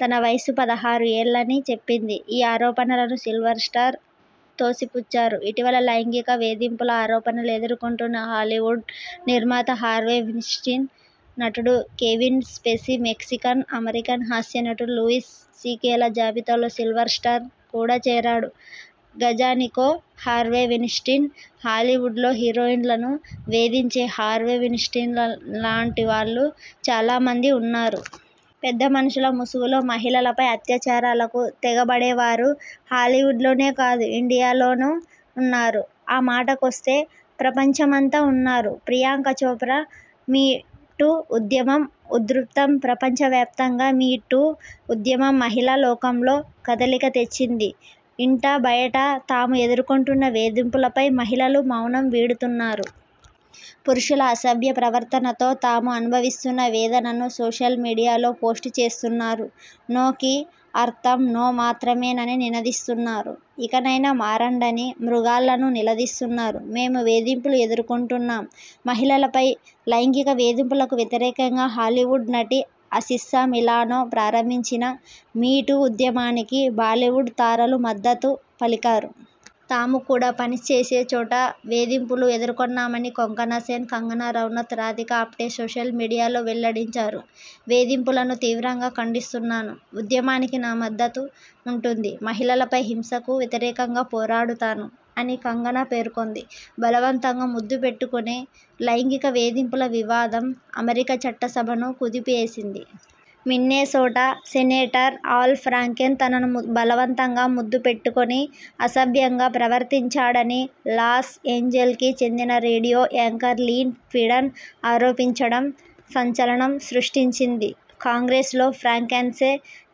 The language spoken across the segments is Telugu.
తన వయస్సు పదహారు ఏళ్లని చెప్పింది. ఈ ఆరోపణలను సిల్వర్స్టర్ తోసిపుచ్చారు. ఇటీవల లైంగిక వేధింపుల ఆరోపణలు ఎదుర్కొన్న హాలీవుడ్ నిర్మాత హార్వే వీన్స్టీన్, నటుడు కెవిన్ స్పేసీ, మెక్సికన్ అమెరికన్ హాస్యనటుడు లూయిస్ సీకేల జాబితాలో సిల్వర్స్టర్ కూడా చేరాడు. గజానికో హార్వే వీన్స్టీన్ ''హాలీవుడ్లో హీరోయిన్లను వేధించే హార్వే వీన్స్టీన్లాంటివాళ్లు చాలామంది ఉన్నారు. పెద్దమనుషుల ముసుగులో మహిళలపై అత్యాచారాలకు తెగబడేవారు హాలీవుడ్లోనే కాదు ఇండియాలోనూ ఉన్నారు. ఆ మాటకొస్తే ప్రపంచమంతా ఉన్నారు. ప్రియాంక చోప్రా 'మీ టూ' ఉద్యమం ఉధృతం ప్రపంచవ్యాప్తంగా 'మీ టూ' ఉద్యమం మహిళా లోకంలో కదలిక తెచ్చింది. ఇంటా బయటా తాము ఎదుర్కొంటున్న వేధింపులపై మహిళలు మౌనం వీడుతున్నారు. పురుషుల అసభ్య ప్రవర్తనతో తాము అనుభవిస్తున్న వేదనను సోషల్ మీడియాలో పోస్ట్ చేస్తున్నారు. 'నో'కి అర్థం 'నో' మాత్రమేనని నినదిస్తున్నారు. ఇకనైనా మారండని మృగాళ్లను నిలదీస్తున్నారు. మేమూ వేధింపులు ఎదుర్కొన్నాం మహిళలపై లైంగిక వేధింపులకు వ్యతిరేకంగా హాలీవుడ్ నటి అసిస్సా మిలానో ప్రారంభించిన 'మీ టూ' ఉద్యమానికి బాలీవుడ్ తారలు మద్దతు పలికారు. తాము కూడా పనిచేసే చోట వేధింపులు ఎదర్కొన్నామని కొంకణాసేన్, కంగనా రనౌత్, రాధికా ఆప్టే సోషల్ మీడియాలో వెల్లడించారు. 'వేధింపులను తీవ్రంగా ఖండిస్తున్నాను. ఉద్యమానికి నా మద్దతు ఉంటుంది. మహిళలపై హింసకు వ్యతిరేకంగా పోరాడుతాను' అని కంగనా పేర్కొంది. బలవంతంగా ముద్దుపెట్టుకుని లైంగిక వేధింపుల వివాదం అమెరికా చట్టసభను కుదిపేసింది. మిన్నెసోటా సెనేటర్ అల్ ఫ్రాంకెన్ తనను బలవంతంగా ముద్దు పెట్టుకుని, అసభ్యంగా ప్రవర్తించాడని లాస్ఏంజెల్ కి చెందిన రేడియో యాంకర్ లీన్ ట్వీడన్ ఆరోపించడం సంచలనం సృష్టించింది. కాంగ్రెస్ లో ఫ్రాంకెన్పై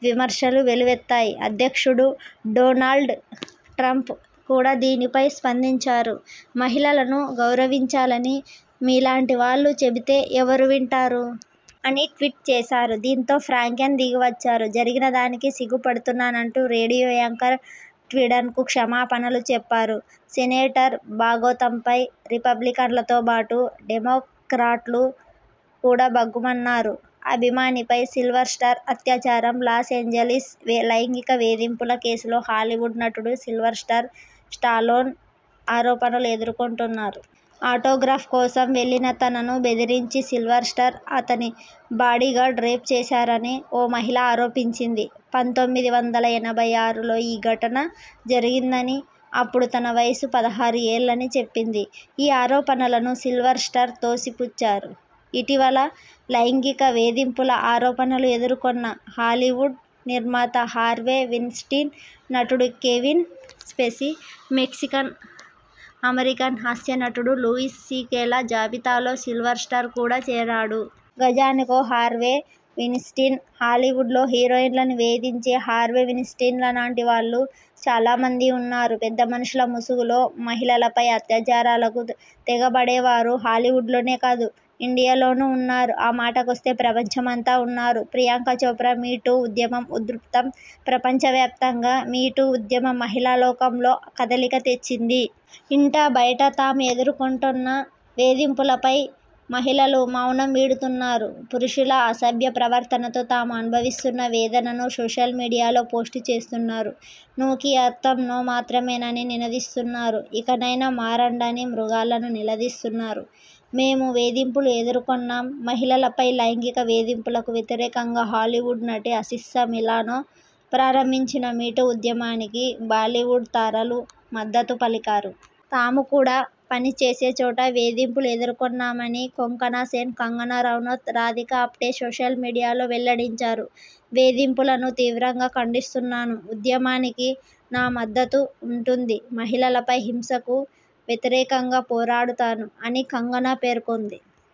విమర్శలు వెల్లువెత్తాయి. అధ్యక్షుడు డొనాల్డ్ ట్రంప్ కూడా దీనిపై స్పందించారు. 'మహిళలను గౌరవించాలని మీలాంటివాళ్లు చెబితే ఎవరు వింటారు? ' అని ట్వీట్ చేశారు. దీంతో ఫ్రాంకెన్ దిగివచ్చారు. జరిగిన దానికి సిగ్గుపడుతున్నానంటూ రేడియో యాంకర్ ట్వీడన్కు క్షమాపణలు చెప్పారు. సెనేటర్ బాగోతంపై రిపబ్లికన్లతోబాటు, డెమోక్రాట్లు కూడా భగ్గుమన్నారు. అభిమానిపై సిల్వర్స్టర్ అత్యాచారం! లాస్ఏంజెలిస్ లైంగిక వేధింపుల కేసులో హాలీవుడ్ నటుడు సిల్వర్స్టర్ స్టాలోన్ ఆరోపణలు ఎదుర్కొంటున్నారు. ఆటోగ్రాఫ్ కోసం వెళ్లిన తనను బెదిరించి సిల్వర్స్టర్, అతని బాడీగార్డ్ రేప్ చేశారని ఓ మహిళ ఆరోపించింది. పంతొమ్మిది వందల ఎనభై ఆరులో ఈ ఘటన జరిగిందనీ, అప్పుడు తన వయస్సు పదహారు ఏళ్లని చెప్పింది. ఈ ఆరోపణలను సిల్వర్స్టర్ తోసిపుచ్చారు. ఇటీవల లైంగిక వేధింపుల ఆరోపణలు ఎదుర్కొన్న హాలీవుడ్ నిర్మాత హార్వే వీన్స్టీన్, నటుడు కెవిన్ స్పేసీ, మెక్సికన్ అమెరికన్ హాస్యనటుడు లూయిస్ సీకేల జాబితాలో సిల్వర్స్టర్ కూడా చేరాడు. గజానికో హార్వే వీన్స్టీన్ ''హాలీవుడ్లో హీరోయిన్లను వేధించే హార్వే వీన్స్టీన్లాంటివాళ్లు చాలామంది ఉన్నారు. పెద్దమనుషుల ముసుగులో మహిళలపై అత్యాచారాలకు తెగబడేవారు హాలీవుడ్లోనే కాదు ఇండియాలోనూ ఉన్నారు. ఆమాటకొస్తే ప్రపంచమంతా ఉన్నారు. ''ప్రియాంక చోప్రా'మీ టూ' ఉద్యమం ఉధృతంప్రపంచవ్యాప్తంగా 'మీ టూ' ఉద్యమం మహిళాలోకంలో కదలిక తెచ్చింది. ఇంటా బయటా తాము ఎదుర్కొంటున్న వేధింపులపై మహిళలు మౌనం వీడుతున్నారు. పురుషుల అసభ్య ప్రవర్తనతో తాము అనుభవిస్తున్న వేదనను సోషల్ మీడియాలో పోస్ట్ చేస్తున్నారు. 'నో'కి అర్థం 'నో' మాత్రమేనని నినదిస్తున్నారు. ఇకనైనా మారండని మృగాళ్లను నిలదీస్తున్నారు. మేమూ వేధింపులు ఎదుర్కొన్నాం.. మహిళలపై లైంగిక వేధింపులకు వ్యతిరేకంగా హాలీవుడ్ నటి అసిస్సా మిలానో ప్రారంభించిన 'మీ టూ' ఉద్యమానికి బాలీవుడ్ తారలు మద్దతు పలికారు. తాము కూడా పనిచేసే చోట వేధింపులు ఎదర్కొన్నామని కొంకణాసేన్, కంగనా రనౌత్, రాధికా ఆప్టే సోషల్ మీడియాలో వెల్లడించారు. 'వేధింపులను తీవ్రంగా ఖండిస్తున్నాను. ఉద్యమానికి నా మద్దతు ఉంటుంది. మహిళలపై హింసకు వ్యతిరేకంగా పోరాడుతాను' అని కంగనా పేర్కొంది.